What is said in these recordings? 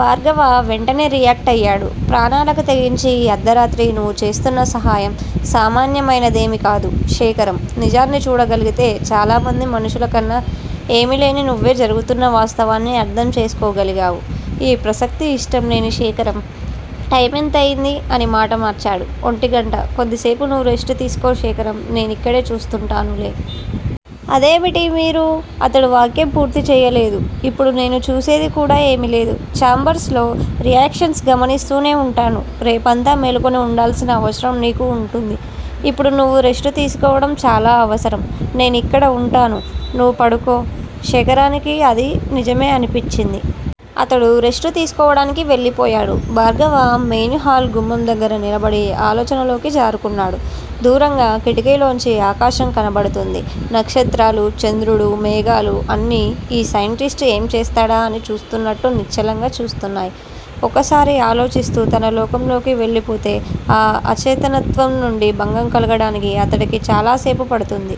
భార్గవ వెంటనే రియాక్టయ్యాడు. ప్రాణాలకి తెగించి ఈ అర్థరాత్రి నువ్వు చేస్తున్న సహాయం సామాన్యమైనదేమీకాదు శేఖరం. నిజాన్ని చూడగలిగితే చాలామంది మనుషుల కన్నా ఏమీలేని నువ్వే జరుగుతున్న వాస్తవాన్ని అర్థం చేసుకోగలిగావు. ఈ ప్రసక్తి ఇష్టంలేని శేఖరం టైమెంతయ్యింది? అని మాట మార్చాడు. ఒంటిగంట. కొద్దిసేపు నువ్వు రెస్టు తీసుకో శేఖరం, నేనిక్కడ చూస్తూంటానులే!? అదేమిటి మీరు? అతడు వాక్యం పూర్తి చెయ్యలేదు. ఇప్పుడు నేను చూసేది కూడా ఏమీలేదు. ఛాంబర్స్ లో రియాక్షన్స్ గమనిస్తూనే వుంటాను. రేపంతా మేలుకుని వుండాల్సిన అవసరం నీకు వుంటుంది. ఇప్పుడు నువ్వు రెస్టు తీసుకోవడం చాలా అవసరం. నేనిక్కడ వుంటాను, నువ్వు పడుకో. శేఖరానికి అది నిజమే అనిపించింది. అతను రెస్టు తీసుకోడానికి వెళ్ళిపోయాడు. భార్గవ మెయిన్ హాల్ గుమ్మం దగ్గర నిలబడి ఆలోచనలలోకి జారుకున్నాడు. దూరంగా కిటికీలోంచి ఆకాశం కనబడుతోంది. నక్షత్రాలూ, చంద్రుడూ, మేఘాలు అన్నీ ఈ సైంటిస్టు ఏం చేస్తాడా? అని చూస్తూన్నట్టు నిశ్చలంగా చూస్తున్నాయి. ఒక్కసారి ఆలోచిస్తూ తన లోకంలోకి వెళ్ళిపోతే ఆ అచేతనత్వం నుండి భంగం కలగటానికి అతడికి చాలాసేపు పడుతుంది.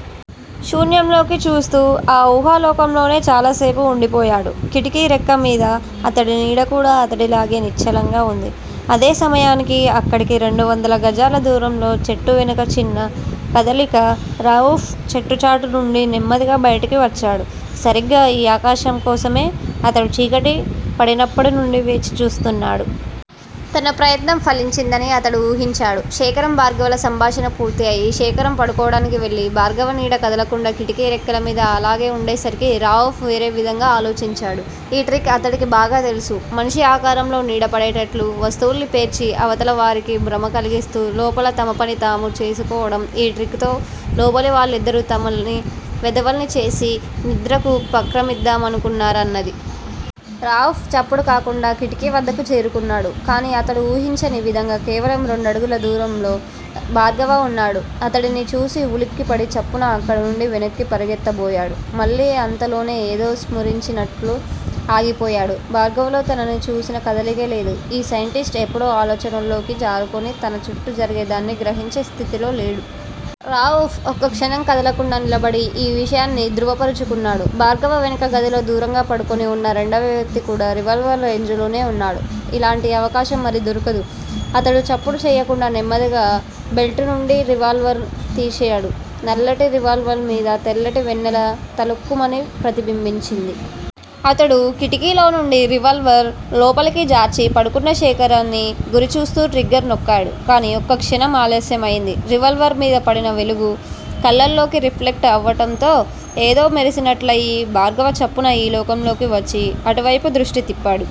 శూన్యంలోకి చూస్తూ ఆ ఊహా లోకంలోనే చాలాసేపు వుండిపోయాడు. కిటికీ రెక్కమీద అతడి నీడకూడా అతడిలాగే నిశ్చలంగా వుంది. అదే సమయానికి అక్కడికి రెండువందల గజాల దూరంలో చెట్టు వెనుక చిన్న కదలిక రవూఫ్ చెట్టుచాటునుండి నెమ్మదిగా బయటికి వచ్చాడు. సరిగ్గా ఈ అకాశం కోసమే అతడు చీకటి పడినప్పటినుండీ వేచి చూస్తున్నాడు. తన ప్రయత్నం ఫలించిందని అతడు ఊహించాడు. శేఖరం-భార్గవల సంభాషణ పూర్తి అయి శేఖరం పడుకోవడానికి వెళ్ళి, భార్గవ నీడ కదలకుండా కిటికీ రెక్కలమీద అలాగే వుండేసరికి రవూఫ్ వేరేవిధంగా ఆలోచించాడు. ఈ ట్రిక్ అతడికి బాగా తెలుసు. మనిషి ఆకారంలో నీడపడేటట్లు వస్తువుల్ని పేర్చి అవతల వాళ్ళకి భ్రమ కలిగిస్తూ లోపల తమ పని తాము చేసుకోవడం, ఈ ట్రిక్ తో లోపలివాళ్ళిద్దరూ తమని వెధవల్ని చేసి నిద్రకుపక్రమిద్దామనుకున్నారన్నది. రవూఫ్ చప్పుడు కాకుండా కిటికీ వద్దకు చేరుకున్నాడు. కానీ అతడు ఊహించని విధంగా కేవలం రెండడుగుల దూరంలో భార్గవ వున్నాడు. అతడిని చూసి ఉలిక్కిపడి చప్పున అక్కడినుండి వెనక్కి పరుగెత్తబోయాడు. మళ్ళీ అంతలోనే ఏదో స్ఫురించినట్టు ఆగిపోయాడు. భార్గవలో తనని చూసిన కదలికే లేదు. ఆ సైంటిస్టు ఎప్పుడో ఆలోచన్లలోకి జారుకుని తన చుట్టూ జరిగే దాన్ని గ్రహించే స్థితిలో లేడు. రవూఫ్ ఒక్క క్షణం కదలకుండా నిలబడి ఈ విషయాన్ని ధ్రువపరచుకున్నాడు. భార్గవ వెనుక గదిలో దూరంగా పడుకుని వున్న రెండవ వ్యక్తి కూడా రివాల్వర్ రేంజిలోనే వున్నాడు. ఇలాంటి అవకాశం మరి దొరకదు. అతడు చప్పుడు చెయ్యకుండా నెమ్మదిగా బెల్టునుండి రివాల్వర్ తీశాడు నల్లటి రివాల్వర్ మీద తెల్లటి వెన్నెల తళుక్కుమని ప్రతిబింబించింది. అతడు కిటికీలో నుండి రివాల్వర్ లోపలికి జార్చి పడుకున్న శేఖరాన్ని గురి చూస్తూ ట్రిగ్గర్ నొక్కాడు. కానీ ఒక్క క్షణం ఆలస్యం అయింది. రివాల్వర్ మీద పడిన వెలుగు కళ్ళలోకి రిఫ్లెక్టు అవటంతో ఏదో మెరిసినట్టయి భార్గవ చప్పున ఈ లోకంలోకి వచ్చి అటువైపు దృష్టి తిప్పాడు.